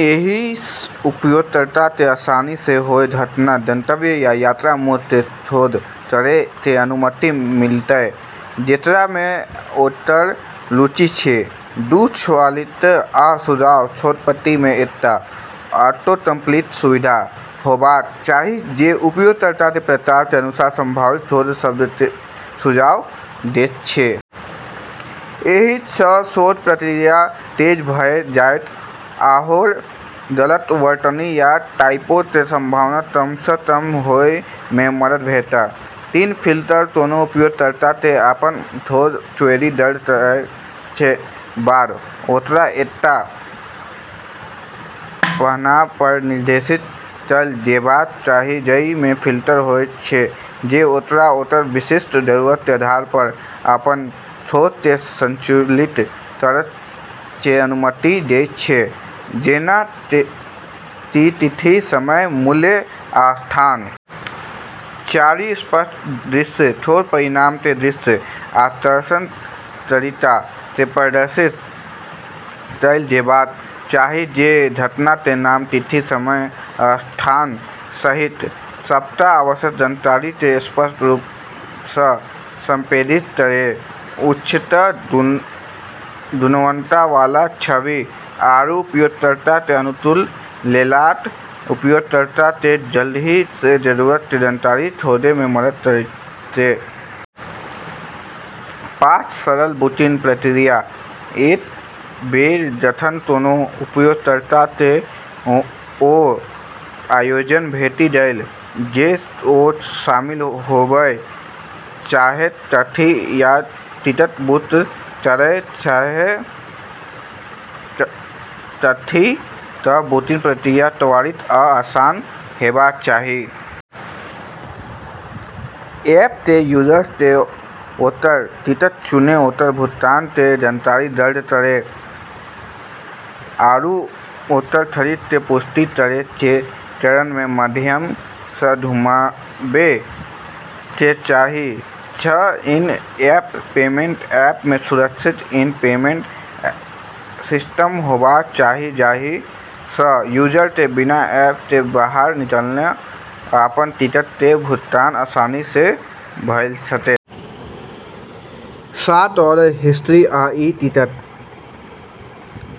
एहिसँ उपयोगकर्ता केँ आसानी सँ ओय घटना, गंतव्य, या यात्रा मोड केँ खोज करय के अनुमति मिलतय, जेकरा मे ओकर रुचि छै। दू. स्वचालित आ सुझाव: खोज पट्टी मे एकटा ऑटोकम्पलीट सुविधा होबाक चाही जे उपयोगकर्ता के प्रकार के अनुसार संभावित खोज शब्द के सुझाव दैत छै। एहि सँ खोज प्रक्रिया तेज भऽ जाएत आओर गलत वर्तनी या टाइपो के संभावना कम सँ कम होए मे मदद भेटत। तीन. फिल्टर: कोनो उपयोगकर्ता के अपन खोज क्वेरी दर्ज करय के बाद ओकरा एकटा एहन पन्ना पर निर्देशित कएल जेबाक चाही जइ मे फिल्टर होयत छै जे ओकरा ओकर विशिष्ट जरूरत के आधार पर अपन खोज के संकुचित करय के अनुमति देयत छै, जेना कि तिथि, समय, मूल्य, आ स्थान। चारि. स्पष्ट दृश्य: खोज परिणाम के दृश्य आकर्षक तरीका सँ प्रदर्शित कएल जेबाक चाही जे घटना के नाम, तिथि, समय, आ स्थान सहित सबटा आवश्यक जानकारी के स्पष्ट रूप सँ संप्रेषित करय। उच्च गुणवत्ता वाला छवि आरू उपयोगकर्ता के अनुकूल लेआउट उपयोगकर्ता केँ जल्दी सँ जरूरत के जानकारी खोजै मे मदद करतै। पाँच. सरल बुकिंग प्रक्रिया: एक बेर जखन कोनो उपयोगकर्ता के ओ आयोजन भेटि गेल जे ओ शामिल होबय चाहैत छथि या टिकट बुक करय चाहैत छथि तऽ बुकिंग प्रक्रिया त्वरित आ आसान हेबाक चाही। ऐप केँ यूजर्स के ओकर टिकट चुनै, ओकर भुगतान के जानकारी दर्ज करै, आरू ओकर खरीद के पुष्टि करै के चरण के माध्यम सँ घुमाबै के चाही। छः. इन-एप पेमेंट: ऐप मे सुरक्षित इन-एप पेमेंट सिस्टम होबाक चाही जाहि सँ यूजर के बिना ऐप सँ बाहर निकलने अपन टिकट के भुगतान आसानी सँ भऽ सकै। सात. ऑर्डर हिस्ट्री आ ई-टिकट: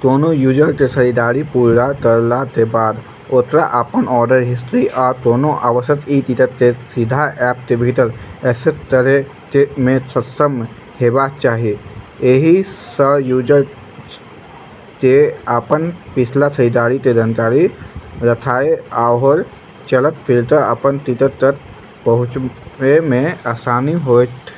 कोनो यूजर के खरीदारी पूरा करला के बाद ओकरा अपन ऑर्डर हिस्ट्री आ कोनो आवश्यक ई-टिकट के सीधा ऐप के भीतर एक्सेस करय मे सक्षम हेबाक चाही। एहि सँ यूजर के अपन पिछला खरीदारी के जानकारी राखय आओर चलैत-फिरैत अपन टिकट तक पहुँचय मे आसानी होएत।